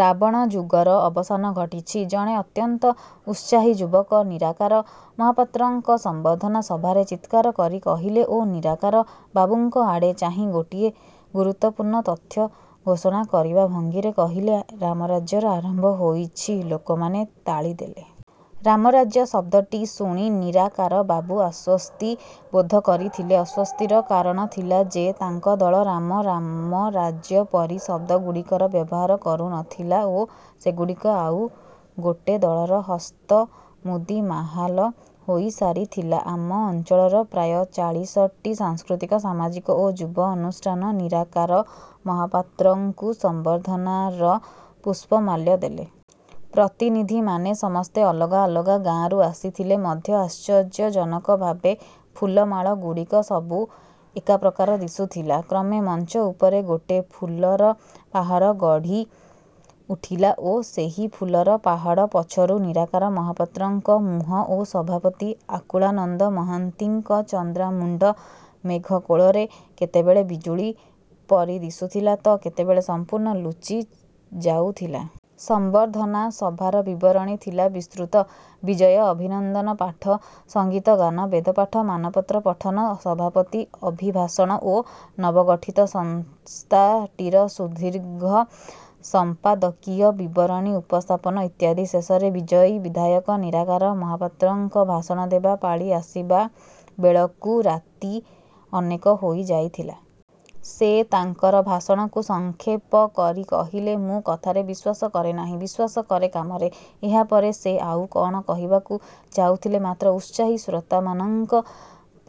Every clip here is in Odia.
"ରାବଣ ଯୁଗର ଅବସାନ ଘଟିଛି," ଜଣେ ଅତ୍ୟନ୍ତ ଉତ୍ସାହୀ ଯୁବକ ନିରାକାର ମହାପାତ୍ରଙ୍କ ସମ୍ବର୍ଦ୍ଧନା ସଭାରେ ଚିତ୍କାର କରି କହିଲେ ଓ ନିରାକାର ବାବୁଙ୍କ ଆଡ଼େ ଚାହିଁ ଗୋଟିଏ ଗୁରୁତ୍ୱପୂର୍ଣ୍ଣ ତଥ୍ୟ ଘୋଷଣା କରିବା ଭଙ୍ଗୀରେ କହିଲେ, "ରାମରାଜ୍ୟର ଆରମ୍ଭ ହୋଇଛି। "ଲୋକମାନେ ତାଳି ଦେଲେ। 'ରାମରାଜ୍ୟ' ଶବ୍ଦଟି ଶୁଣି ନିରାକାରବାବୁ ଅସ୍ୱସ୍ତି ବୋଧ କରିଥିଲେ। ଅସ୍ୱସ୍ତିର କାରଣ ଥିଲା ଯେ ତାଙ୍କ ଦଳ 'ରାମ', 'ରାମରାଜ୍ୟ' ପରି ଶବ୍ଦଗୁଡ଼ିକର ବ୍ୟବହାର କରୁ ନ ଥିଲା ଓ ସେଗୁଡ଼ିକ ଆଉ ଗୋଟେ ଦଳର ହସ୍ତମୁଦି ମାହାଲ ହୋଇସାରିଥିଲା। ଆମ ଅଞ୍ଚଳର ପ୍ରାୟ ଚାଳିଶଟି ସାଂସ୍କୃତିକ, ସାମାଜିକ ଓ ଯୁବ ଅନୁଷ୍ଠାନ ନିରାକାର ମହାପାତ୍ରଙ୍କୁ ସମ୍ବର୍ଦ୍ଧନାର ପୁଷ୍ପମାଲ୍ୟ ଦେଲେ। ପ୍ରତିନିଧିମାନେ ସମସ୍ତେ ଅଲଗା ଅଲଗା ଗାଁରୁ ଆସିଥିଲେ ମଧ୍ୟ ଆଶ୍ଚର୍ଯ୍ୟଜନକ ଭାବେ ଫୁଲମାଳଗୁଡ଼ିକ ସବୁ ଏକାପ୍ରକାର ଦିଶୁଥିଲା। କ୍ରମେ ମଞ୍ଚ ଉପରେ ଗୋଟେ ଫୁଲର ପାହାଡ଼ ଗଢ଼ି ଉଠିଲା ଓ ସେହି ଫୁଲର ପାହାଡ଼ ପଛରୁ ନିରାକାର ମହାପାତ୍ରଙ୍କ ମୁହଁ ଓ ସଭାପତି ଆକୁଳାନନ୍ଦ ମହାନ୍ତିଙ୍କ ଚନ୍ଦାମୁଣ୍ଡ ମେଘ କୋଳରେ କେତେବେଳେ ବିଜୁଳି ପରି ଦିଶୁଥିଲା ତ କେତେବେଳେ ସମ୍ପୂର୍ଣ୍ଣ ଲୁଚି ଯାଉଥିଲା। ସମ୍ବର୍ଦ୍ଧନା ସଭାର ବିବରଣୀ ଥିଲା ବିସ୍ତୃତ। ବିଜୟ ଅଭିନନ୍ଦନ ପାଠ, ସଙ୍ଗୀତ ଗାନ, ବେଦପାଠ, ମାନପତ୍ର ପଠନ, ସଭାପତି ଅଭିଭାଷଣ ଓ ନବଗଠିତ ସଂସ୍ଥାଟିର ସୁଦୀର୍ଘ ସମ୍ପାଦକୀୟ ବିବରଣୀ ଉପସ୍ଥାପନ ଇତ୍ୟାଦି। ଶେଷରେ ବିଜୟୀ ବିଧାୟକ ନିରାକାର ମହାପାତ୍ରଙ୍କ ଭାଷଣ ଦେବା ପାଳି ଆସିବା ବେଳକୁ ରାତି ଅନେକ ହୋଇଯାଇଥିଲା। ସେ ତାଙ୍କର ଭାଷଣକୁ ସଂକ୍ଷେପ କରି କହିଲେ, "ମୁଁ କଥାରେ ବିଶ୍ୱାସ କରେ ନାହିଁ, ବିଶ୍ୱାସ କରେ କାମରେ। "ଏହାପରେ ସେ ଆଉ କ'ଣ କହିବାକୁ ଯାଉଥିଲେ, ମାତ୍ର ଉତ୍ସାହୀ ଶ୍ରୋତାମାନଙ୍କ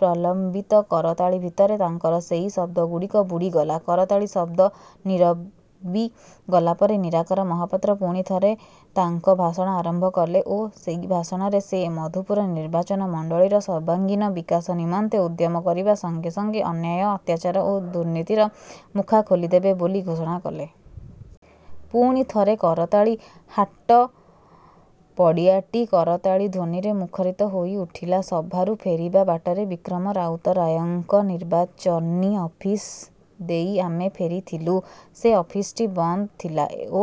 ପ୍ରଲମ୍ବିତ କରତାଳି ଭିତରେ ତାଙ୍କର ସେଇ ଶବ୍ଦଗୁଡ଼ିକ ବୁଡ଼ିଗଲା। କରତାଳି ଶବ୍ଦ ନୀରବି ଗଲା ପରେ ନିରାକାର ମହାପାତ୍ର ପୁଣିଥରେ ତାଙ୍କ ଭାଷଣ ଆରମ୍ଭ କଲେ ଓ ସେଇ ଭାଷଣରେ ସେ ମଧୁପୁର ନିର୍ବାଚନ ମଣ୍ଡଳୀର ସର୍ବାଙ୍ଗୀନ ବିକାଶ ନିମନ୍ତେ ଉଦ୍ୟମ କରିବା ସଙ୍ଗେ ସଙ୍ଗେ ଅନ୍ୟାୟ, ଅତ୍ୟାଚାର ଓ ଦୁର୍ନୀତିର ମୁଖା ଖୋଲିଦେବେ ବୋଲି ଘୋଷଣା କଲେ। ପୁଣିଥରେ କରତାଳି। ହାଟ ପଡ଼ିଆଟି କରତାଳି ଧ୍ୱନିରେ ମୁଖରିତ ହୋଇ ଉଠିଲା। ସଭାରୁ ଫେରିବା ବାଟରେ ବିକ୍ରମ ରାଉତରାୟଙ୍କ ନିର୍ବାଚନୀ ଅଫିସ୍ ଦେଇ ଆମେ ଫେରିଥିଲୁ। ସେ ଅଫିସ୍‌ଟି ବନ୍ଦ ଥିଲା ଓ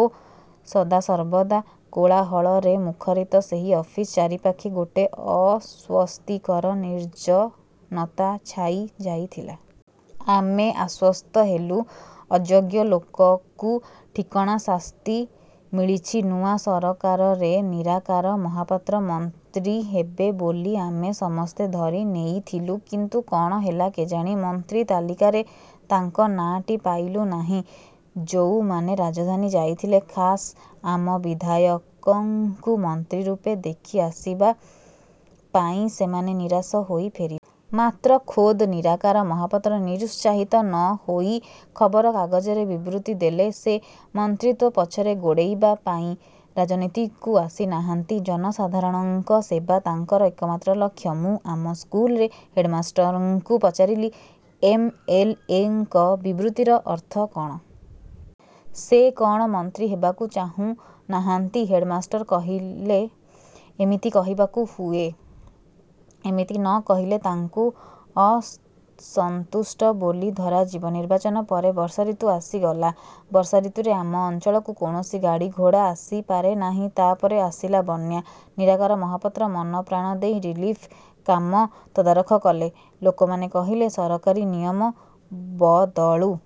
ସଦାସର୍ବଦା କୋଳାହଳରେ ମୁଖରିତ ସେହି ଅଫିସ୍ ଚାରିପାଖେ ଗୋଟେ ଅସ୍ୱସ୍ତିକର ନିର୍ଜନତା ଛାଇ ଯାଇଥିଲା। ଆମେ ଆଶ୍ୱସ୍ତ ହେଲୁ। ଅଯୋଗ୍ୟ ଲୋକକୁ ଠିକଣା ଶାସ୍ତି ମିଳିଛି। ନୂଆ ସରକାରରେ ନିରାକାର ମହାପାତ୍ର ମନ୍ତ୍ରୀ ହେବେ ବୋଲି ଆମେ ସମସ୍ତେ ଧରି ନେଇଥିଲୁ। କିନ୍ତୁ କ'ଣ ହେଲା କେଜାଣି, ମନ୍ତ୍ରୀ ତାଲିକାରେ ତାଙ୍କ ନାଁଟି ପାଇଲୁ ନାହିଁ। ଯୋଉମାନେ ରାଜଧାନୀ ଯାଇଥିଲେ, ଖାସ୍ ଆମ ବିଧାୟକଙ୍କୁ ମନ୍ତ୍ରୀ ରୂପେ ଦେଖି ଆସିବା ପାଇଁ, ସେମାନେ ନିରାଶ ହୋଇ ଫେରିଲେ। ମାତ୍ର ଖୋଦ୍ ନିରାକାର ମହାପାତ୍ର ନିରୁତ୍ସାହିତ ନ ହୋଇ ଖବରକାଗଜରେ ବିବୃତି ଦେଲେ, ସେ ମନ୍ତ୍ରୀତ୍ୱ ପଛରେ ଗୋଡ଼େଇବା ପାଇଁ ରାଜନୀତିକୁ ଆସିନାହାନ୍ତି, ଜନସାଧାରଣଙ୍କ ସେବା ତାଙ୍କର ଏକମାତ୍ର ଲକ୍ଷ୍ୟ। ମୁଁ ଆମ ସ୍କୁଲରେ ହେଡ୍‌ମାଷ୍ଟରଙ୍କୁ ପଚାରିଲି, "ଏମ୍. ଏଲ୍. ଏ. ଙ୍କ ବିବୃତିର ଅର୍ଥ କ'ଣ? ସେ କ'ଣ ମନ୍ତ୍ରୀ ହେବାକୁ ଚାହୁଁ ନାହାନ୍ତି? "ହେଡ୍‌ମାଷ୍ଟରେ କହିଲେ, "ଏମିତି କହିବାକୁ ହୁଏ। ଏମିତି ନ କହିଲେ ତାଙ୍କୁ ଅସନ୍ତୁଷ୍ଟ ବୋଲି ଧରାଯିବ।"ନିର୍ବାଚନ ପରେ ବର୍ଷାଋତୁ ଆସିଗଲା। ବର୍ଷାଋତୁରେ ଆମ ଅଞ୍ଚଳକୁ କୌଣସି ଗାଡ଼ିଘୋଡ଼ା ଆସି ପାରେ ନାହିଁ। ତା'ପରେ ଆସିଲା ବନ୍ୟା। ନିରାକାର ମହାପାତ୍ର ମନପ୍ରାଣ ଦେଇ ରିଲିଫ୍ କାମ ତଦାରଖ କଲେ। ଲୋକମାନେ କହିଲେ, ସରକାରୀ ନିୟମ ବଦଳୁ--